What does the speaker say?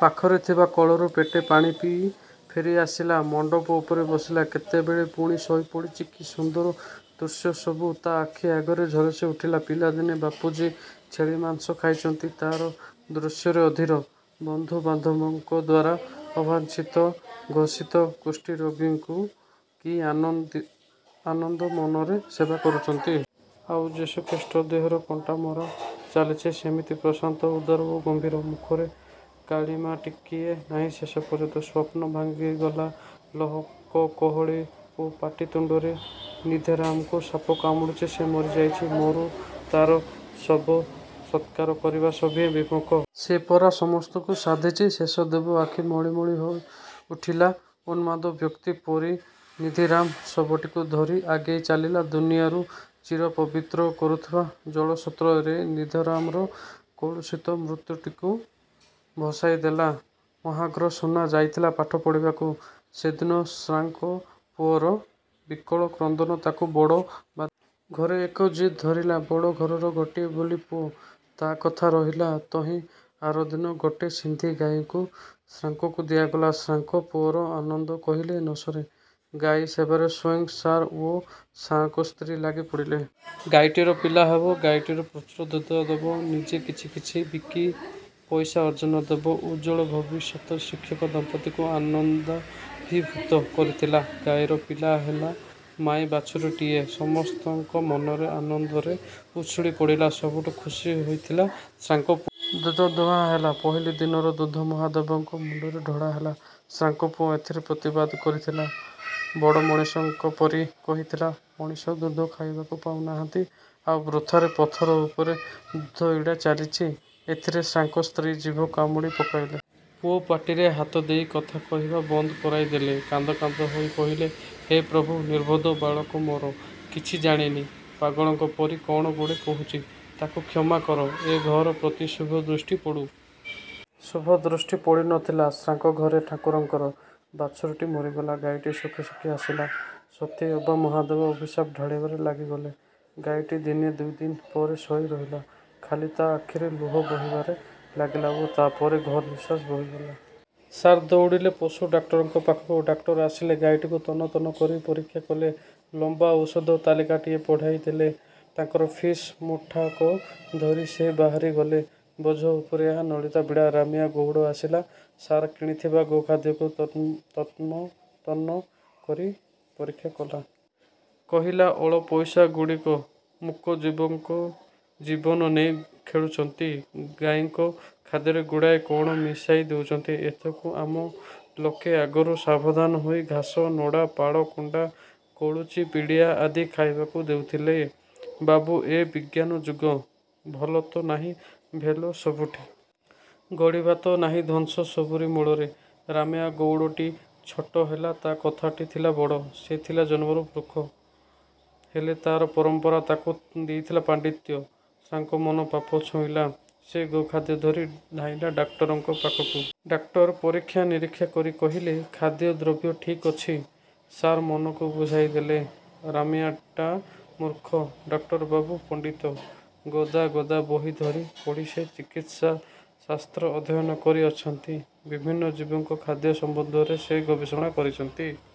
ପାଖରେ ଥିବା କଳରୁ ପେଟେ ପାଣି ପିଇ ଫେରିଆସିଲା। ମଣ୍ତପ ଉପରେ ବସିଲା। କେତେବେଳେ ପୁଣି ଶୋଇପଡ଼ିଚି, କି ସୁନ୍ଦର ଦୃଶ୍ୟସବୁ ତା ଆଖି ଆଗରେ ଝଲସି ଉଠିଲା। ପିଲାଦିନର ବାପୁଜୀ। ଛେଳି ମାଂସ ଖାଇଚନ୍ତି। ତା'ର ଦୃଶ୍ୟରେ ଅଧୀର। ବନ୍ଧୁ ବାନ୍ଧବଙ୍କ ଦ୍ୱାରା ଅବାଞ୍ଛିତ ଘୋଷିତ କୁଷ୍ଠରୋଗୀଙ୍କୁ କି ଆନନ୍ଦ ମନରେ ସେବା କରୁଚନ୍ତି। ଆଉ ଯୀଶୁଖ୍ରୀଷ୍ଟ। ଦିହରେ କଣ୍ଟା ମରା ଚାଲିଚି। ସେମିତି ପ୍ରଶାନ୍ତ, ଉଦାର ଓ ଗମ୍ଭୀର। ମୁଖରେ କାଳିମା ଟିକିଏ ନାହିଁ ଶେଷ ପର୍ଯ୍ୟନ୍ତ। ସ୍ୱପ୍ନ ଭାଙ୍ଗିଗଲା, ଲୋକ ଗହଳି ଓ ପାଟି ତୁଣ୍ତରେ। ନିଧିରାମକୁ ସାପ କାମୁଡ଼ିଚି। ସେ ମରି ଯାଇଚି। ମରୁ, ତାର ଶବ ସତ୍କାର କରିବାରେ ସଭିଏଁ ବିମୁଖ। ସେ ପରା ସମସ୍ତଙ୍କୁ ସାଧିଚି। ଶେଷଦେବ ଆଖି ମଳି ମଳି ଉଠିଲା। ଉନ୍ମାଦ ବ୍ୟକ୍ତି ପରି ନିଧିରାମ ଶବଟିକୁ ଧରି ଆଗେଇ ଚାଲିଲା। ଦୁନିଆକୁ ଚିର ପବିତ୍ର କରୁଥିବା ଜଳସ୍ରୋତରେ। ନିଧିରାମର କଳୁଷିତ ମୂର୍ତ୍ତିଟିକୁ ଭସାଇ ଦେଲା। ମହାର୍ଘ ସୁନା ଯାଇଥିଲା ପାଠ ପଢ଼ିବାକୁ। ସେଦିନ ସାର୍ଙ୍କ ପୁଅର ବିକଳ କ୍ରନ୍ଦନ ତାକୁ ବଡ଼ ବାଧିଲା। ଘରେ ଏକ ଜିଦ୍ ଧରିଲା। ବଡ଼ ଘରର ଗୋଟିଏ ବୋଲି ପୁଅ; ତା କଥା ରହିଲା। ତହିଁଆରଦିନ ଗୋଟେ ସିନ୍ଧୀ ଗାଈ ସାର୍ଙ୍କୁ ଦିଆଗଲା। ସାର୍ଙ୍କ ପୁଅର ଆନନ୍ଦ କହିଲେ ନ ସରେ-। ଗାଈ ସେବାରେ ସ୍ୱୟଂ ସାର୍ ଓ ସାର୍ ଙ୍କ ସ୍ତ୍ରୀ ଲାଗି ପଡ଼ିଲେ। ଗାଈଟିର ପିଲା ହେବ। ଗାଈଟି ପ୍ରଚୁର ଦୁଧ ଦବ। ନିଜେ କିଛି କିଛି ବିକି ପଇସା ଅର୍ଜନ ହେବ। ଉଜ୍ଜ୍ୱଳ ଭବିଷ୍ୟତ ଶିକ୍ଷକ ଦମ୍ପତ୍ତିଙ୍କୁ ଆନନ୍ଦାଭିଭୂତ କରିଥିଲା। ଗାଈର ପିଲା ହେଲା। ମାଈ ବାଛୁରୀଟିଏ। ସମସ୍ତଙ୍କ ମନ ଆନନ୍ଦରେ ଉଚ୍ଛୁଳି ପଡ଼ିଲା। ସବୁଠୁ ଖୁସି ହୋଇଥିଲେ ସାର୍ଙ୍କ ପୁଅ। ଦୁଧ ଦୁହାଁ ହେଲା। ପହିଲି ଦିନର ଦୁଧ ମହାଦେବଙ୍କ ମୁଣ୍ଡରେ ଢଳା ହେଲା। ସାର୍ଙ୍କପୁଅ ଏଥିରେ ପ୍ରତିବାଦ କରିଥିଲା। ବଡ଼ ମଣିଷଙ୍କ ପରି କହିଥିଲା—ମଣିଷ ଦୁଧ ଖାଇବାକୁ ପାଉ ନାହାନ୍ତି। ଆଉ ବୃଥାରେ ପଥର ଉପରେ ଦୁଧ ଇଡ଼ା ଚାଲିଚି। ଏଥିରେ ସାର୍ଙ୍କ ସ୍ତ୍ରୀ ଜିଭ କାମୁଡ଼ି ପକାଇଲେ। ପୁଅ ପାଟିରେ ହାତ ଦେଇ କଥା କହିବା ବନ୍ଦ କରାଇ ଦେଲେ, କାନ୍ଦ କାନ୍ଦ ହୋଇ କହିଲେ—ହେ ପ୍ରଭୁ! ନିର୍ବୋଧ ବାଳକ ମୋର କିଛି ଜାଣେନି। ପାଗଳଙ୍କ ପରି କ'ଣ ଗୁଡ଼େ କହୁଚି। ତାକୁ କ୍ଷମା କର। ଏ ଘର ପ୍ରତି ଶୁଭ ଦୃଷ୍ଟି ପଡ଼ୁ। ଶୁଭ ଦୃଷ୍ଟି ପଡ଼ି ନ ଥିଲା ସାର୍ଙ୍କ ଘରେ ଠାକୁରଙ୍କର। ବାଛୁରୀଟି ମରିଗଲା। ଗାଈଟି ଶୁଖି ଶୁଖି ଆସିଲା। ସତେ ଅବା ମହାଦେବ ଅଭିଶାପ ଢାଳିବାରେ ଲାଗିଗଲେ। ଗାଈଟି ଦିନେ ଦୁଇଦିନ ପରେ ଶୋଇ ରହିଲା। ଖାଲି ତା ଆଖିରୁ ଲୁହ ବୋହିବାରେ ଲାଗିଲା ଓ ତା'ପରେ ଖର ନିଶ୍ୱାସ ବୋହିଲା। ସାର୍ ଦଉଡ଼ିଲେ ପଶୁ ଡାକ୍ତରଙ୍କ ପାଖକୁ। ଡାକ୍ତର ଆସିଲେ। ଗାଈଟିକୁ ତନ୍ନ ତନ୍ନ କରି ପରୀକ୍ଷା କଲେ। ଲମ୍ୱା ଔଷଧ ତାଲିକାଟିଏ ବଢ଼ାଇ ଦେଲେ-। ତାଙ୍କର ଫିସ୍ ମୁଠାକ ଧରି ସେ ବାହାରିଗଲେ। ବୋଝ ଉପରେ ଏହା ନଳିତା ବିଡ଼ା। ରାମିଆ ଗଉଡ଼ ଆସିଲା। ସାର୍ କିଣିଥିବା ଗୋଖାଦ୍ୟକୁ ତନ୍ମ ତନ୍ନ କରି ପରୀକ୍ଷା କଲା-। କହିଲା—ଅଳପଇସା ଗୁଡ଼ିକ ମୂକ ଜୀବଙ୍କ ଜୀବନ ନେଇ ଖେଳୁଚନ୍ତି। ଗାଈଙ୍କ ଖାଦ୍ୟରେ ଗୁଡ଼ାଏ କ'ଣ ମିଶାଇ ଦଉଚନ୍ତି। ଏଥକୁ ଆମ ଲୋକେ ଆଗରୁ ସାବଧାନ ହୋଇ ଘାସ, ନଡ଼ା, ପାଳ, କୁଣ୍ଡା, କୁଳୁଚି, ପିଡ଼ିଆ ଆଦି ଖାଇବାକୁ ଦେଉଥିଲେ। ବାବୁ, ଏବେ ବିଜ୍ଞାନ ଯୁଗ, ଭଲ ତ ନାହିଁ ଭେଲ ସବୁଠି। ଗଢ଼ିବା ତ ନାହିଁ ଧ୍ୱଂସ ସବୁରି ମୂଳରେ। ରାମିଆ ଗଉଡ଼ଟି ଛୋଟ ହେଲେ ତା କଥାଟା ଥିଲା ବଡ଼। ସେ ଥିଲା ଜନ୍ମରୁ ମୂର୍ଖ, ହେଲେ ତାର ପରମ୍ପରା ତାକୁ ଦେଇଥିଲା ପାଣ୍ଡିତ୍ୟ। ସାର୍ଙ୍କ ମନ ପାପ ଛୁଇଁଲା। ସେ ଗୋ-ଖାଦ୍ୟ ଧରି ଧାଇଁଲେ ଡାକ୍ତରଙ୍କ ପାଖକୁ। ଡାକ୍ତର ପରୀକ୍ଷା ନିରୀକ୍ଷା କରି କହିଲେ—ଖାଦ୍ୟ ଦ୍ରବ୍ୟ ଠିକ୍ ଅଛି। ସାର୍ ମନକୁ ବୁଝାଇ ଦେଲେ। ରାମିଆଁଟା ମୂର୍ଖ। ଡାକ୍ତରବାବୁ ପଣ୍ଡିତ। ଗଦା ଗଦା ବହି ଧରି ପଢ଼ି ସେ ଚିକିତ୍ସା ଶାସ୍ତ୍ର ଅଧ୍ୟୟନ କରି ଅଛନ୍ତି। ବିଭିନ୍ନ ଜୀବଙ୍କ ଖାଦ୍ୟ ସମ୍ୱନ୍ଧରେ ସେ ଗବେଷଣା କରିଅଛନ୍ତି।